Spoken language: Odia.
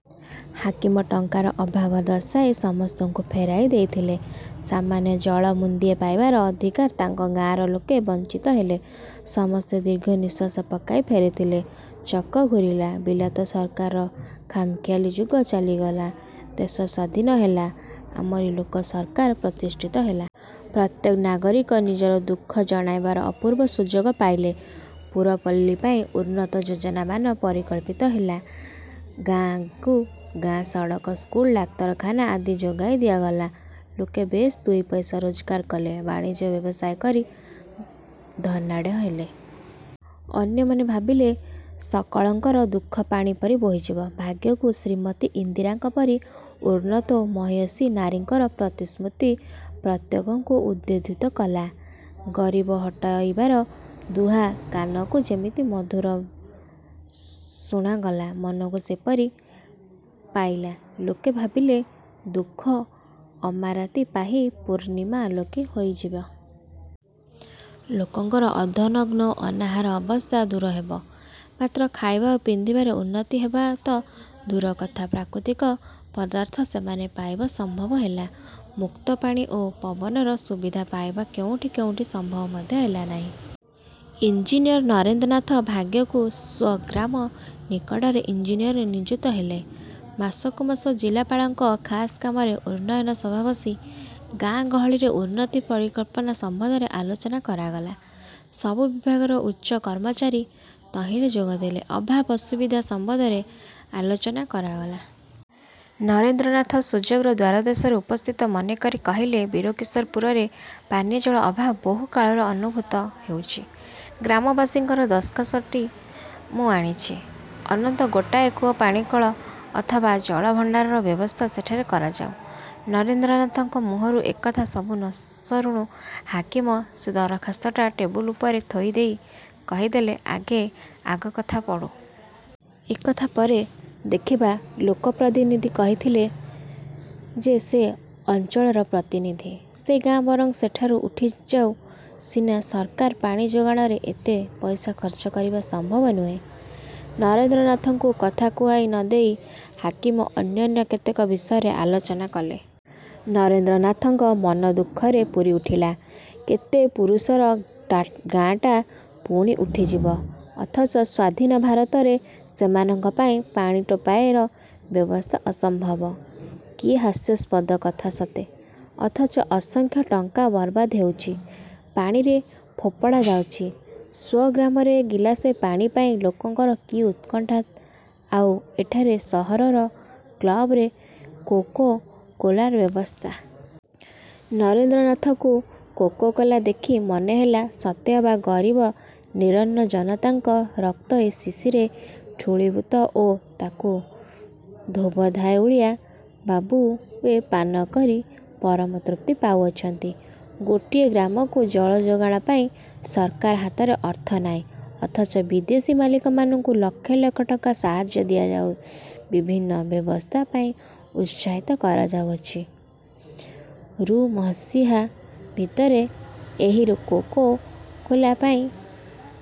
ହାକିମ ଟଙ୍କାର ଅଭାବ ଦର୍ଶାଇ ସମସ୍ତଙ୍କୁ ଫେରାଇ ଦେଇଥିଲେ-। ସାମାନ୍ୟ ଜଳ ମୁନ୍ଦିଏ ପାଇବାର ଅଧିକାରରୁ ତାଙ୍କ ଗାଁର ଲୋକେ ବଂଚିତ ହେଲେ-। ସମସ୍ତେ ଦୀର୍ଘ ନିଶ୍ୱାସ ପକାଇ ଫେରିଥିଲେ। ଚକ ଘୂରିଲା। ବିଲାତ ସରକାରରର ଖାମଖିଆଲି ଯୁଗ ଚାଲିଗଲା। ଦେଶ ସ୍ୱାଧିନ ହେଲା। ଆମରି ଲୋକସରକାର ପ୍ରତିଷ୍ଠିତ ହେଲା। ପ୍ରତ୍ୟେକ ନାଗରିକ ନିଜ ନିଜର ଦୁଃଖ ଜଣାଇବାର ଅପୂର୍ବ ସୁଯୋଗ ପାଇଲେ। ପୁରପଲ୍ଲୀ ପାଇଁ ଉନ୍ନତ ଯୋଜନା ମାନ ପରିକଳ୍ପିତ ହେଲା। ଗାଁକୁ ଗାଁ ସଡ଼କ, ସ୍କୁଲ, ଡାକ୍ତରଖାନା ଆଦି ଯୋଗାଇ ଦିଆଗଲା। ଲୋକେ ବେଶ୍ ଦୁଇ ପଇସା ରୋଜଗାର କଲେ। ବାଣିଜ୍ୟ ବ୍ୟବସାୟ କରି ଧନାଢ଼୍ୟ ହେଲେ। ଅନ୍ୟମାନେ ଭାବିଲେ ସକଳଙ୍କର ଦୁଃଖ ପାଣିପରି ବୋହିଯିବ। ଭାଗ୍ୟକୁ ଶ୍ରୀମତୀ ଇନ୍ଦିରାଙ୍କ ପରି ଉନ୍ନତ ଓ ମହିୟସୀ ନାରୀଙ୍କର ପ୍ରତିଶ୍ରୁତି ପ୍ରତ୍ୟେକଙ୍କୁ ଉଦ୍ବୋଧିତ କଲା। 'ଗରିବ-ହଟାଇବାର' ଦୁହା କାନକୁ ଯେମିତି ମଧୁର ଶୁଣାଗଲା, ମନକୁ ସେପରି ପାଇଲା। ଲୋକେ ଭାବିଲେ ଦୁଃଖ ଅମା ରାତି ପାହି ପୂର୍ଣ୍ଣିମା ଆଲୋକିତ ହୋଇଯିବେ। ଲୋକଙ୍କର ଅର୍ଦ୍ଧନଗ୍ନ ଓ ଅନାହାର ଅବସ୍ଥା ଦୂର ହେବ। ମାତ୍ର ଖାଇବା ଓ ପିନ୍ଧିବାରେ ଉନ୍ନତି ହେବା ତ ଦୂରର କଥା ପ୍ରାକୃତିକ ପଦାର୍ଥ ସେମାନେ ପାଇବ ଅସମ୍ଭବ ହେଲା। ମୁକ୍ତ ପାଣି ଓ ପବନର ସୁବିଧା ପାଇବା କେଉଁଠି କେଉଁଠି ସମ୍ଭବ ମଧ୍ୟ ହେଲାନାହିଁ। ଇଞ୍ଜିନିୟର ନରେନ୍ଦ୍ରନାଥ ଭାଗ୍ୟକୁ ସ୍ୱ-ଗ୍ରାମ ନିକଟରେ ଇଞ୍ଜିନିୟର ନିଯୁକ୍ତ ହେଲେ। ମାସକୁ ମାସ ଜିଲ୍ଲାପାଳଙ୍କ ଖାସ କାମରାରେ ଉନ୍ନୟନ ସଭା ବସି ଗାଁ ଗହଳିର ଉନ୍ନତି ପରିକଳ୍ପନା ସମ୍ୱନ୍ଧରେ ଆଲୋଚନା କରାଗଲା। ସବୁ ବିଭାଗର ଉଚ୍ଚ କର୍ମଚାରୀ ତହିଁରେ ଯୋଗ ଦେଲେ। ଅଭାବ ଅସୁବିଧା ସମ୍ବନ୍ଧରେ ଆଲୋଚନା କରାଗଲା। ନରେନ୍ଦ୍ରନାଥ ସୁଯୋଗର ଦ୍ୱାର ଦେଶରେ ଉପସ୍ଥିତ ମନେକରି କହିଥିଲେ—ବୀରକିଶୋର ପୁରରେ ପାନୀୟ ଜଳର ଅଭାବ ବହୁ କାଳରୁ ଅନୁଭୂତ ହେଉଛି। ଗ୍ରାମବାସୀଙ୍କର ଦରଖାସ୍ତଟି ମୁଁ ଆଣିଚି। ଅନ୍ତତଃ ଗୋଟାଏ କୂଅ, ପାଣିକଳ ଅଥବା ଜଳଭଣ୍ତାରର ବ୍ୟବସ୍ଥା ସେଠାରେ କରାଯାଉ। ନରେନ୍ଦ୍ରନାଥଙ୍କ ମୁହଁରୁ ଏ କଥା ସବୁ ନ ସରୁଣୁ ହାକିମ ସେ ଦରଖାସ୍ତଟା ଟେବୁଲ ଉପରେ ଥୋଇ ଦେଇ କହିଦେଲେ—ଆଗେ ଆଗ କଥା ପଡ଼ୁ। ଏକଥା ପରେ ଦେଖିବା। ଲୋକପ୍ରତିନିଧି କହିଥିଲେ ଯେ, ସେ ଅଞ୍ଚଳର ପ୍ରତିନିଧି। ସେ ଗାଁ ବରଂ ସେଠାରୁ ଉଠିଯାଉ ସିନା, ସରକାର ପାଣି ଯୋଗାଣରେ ଏତେ ପଇସା ଖର୍ଚ୍ଚ କରିବା ସମ୍ଭବ ନୁହେଁ। ନରେନ୍ଦ୍ରନାଥଙ୍କୁ କଥା କୁହାଇ ନ ଦେଇ ହାକିମ ଅନ୍ୟାନ୍ୟ କେତେକ ବିଷୟରେ ଆଲୋଚନା କଲେ। ନରେନ୍ଦ୍ରନାଥଙ୍କ ମନ ଦୁଃଖରେ ପୂରି ଉଠିଲା। କେତେ ପୁରୁଷର ଗାଁଟା ପୁଣି ଉଠିଯିବ; ଅଥଚ ସ୍ୱାଧୀନ ଭାରତରେ ସେମାନଙ୍କ ପାଇଁ ପାଣି ଟୋପାଏର ବ୍ୟବସ୍ଥା ଅସମ୍ଭବ? କି ହାସ୍ୟାସ୍ପଦ କଥା ସତେ! ଅଥଚ ଅସଂଖ୍ୟ ଟଙ୍କା ବରବାଦ ହେଉଚି। ପାଣିରେ ଫୋପଡ଼ା ଯାଉଚି-। ସ୍ୱ-ଗ୍ରାମରେ ଗିଲାସେ ପାଣି ପାଇଁ ଲୋକଙ୍କର କି ଉତ୍କଣ୍ଠା ଆଉ ଏଠାରେ ସହରର କ୍ଳବରେ କୋକୋ-କୋଲାର ବ୍ୟବସ୍ଥା। ନରେନ୍ଦ୍ରନାଥଙ୍କୁ କୋକୋ-କୋଲା ଦେଖି ମନେ ହେଲା ସତେ ଅବା ଗରିବ ନିରନ୍ନ ଜନତାଙ୍କ ରକ୍ତ ଏ ଶିଶିରେ ଠୁଳୀଭୂତ ଓ ତାକୁ ଧୋବଧାଉଳିଆ ବାବୁଏ ପାନ କରି ପରମ ତୃପ୍ତି ପାଇଅଛନ୍ତି। ଗୋଟିଏ ଗ୍ରାମକୁ ଜଳଯୋଗାଣ ପାଇଁ ସରକାର ହାତରେ ଅର୍ଥ ନାହିଁ ଅଥଚ ବିଦେଶୀ ମାଲିକମାନଙ୍କୁ ଲକ୍ଷ ଲକ୍ଷ ଟଙ୍କା ସାହାର୍ଯ୍ୟ ଦିଆଯାଇ ବିଭିନ୍ନ ବ୍ୟବସାୟ ପାଇଁ ଉତ୍ସାହିତ କରାଯାଉଅଛି। ରୁ ମସିହା ଭିତରେ ଏହି କୋକୋ-କୋଲା ପାଇଁ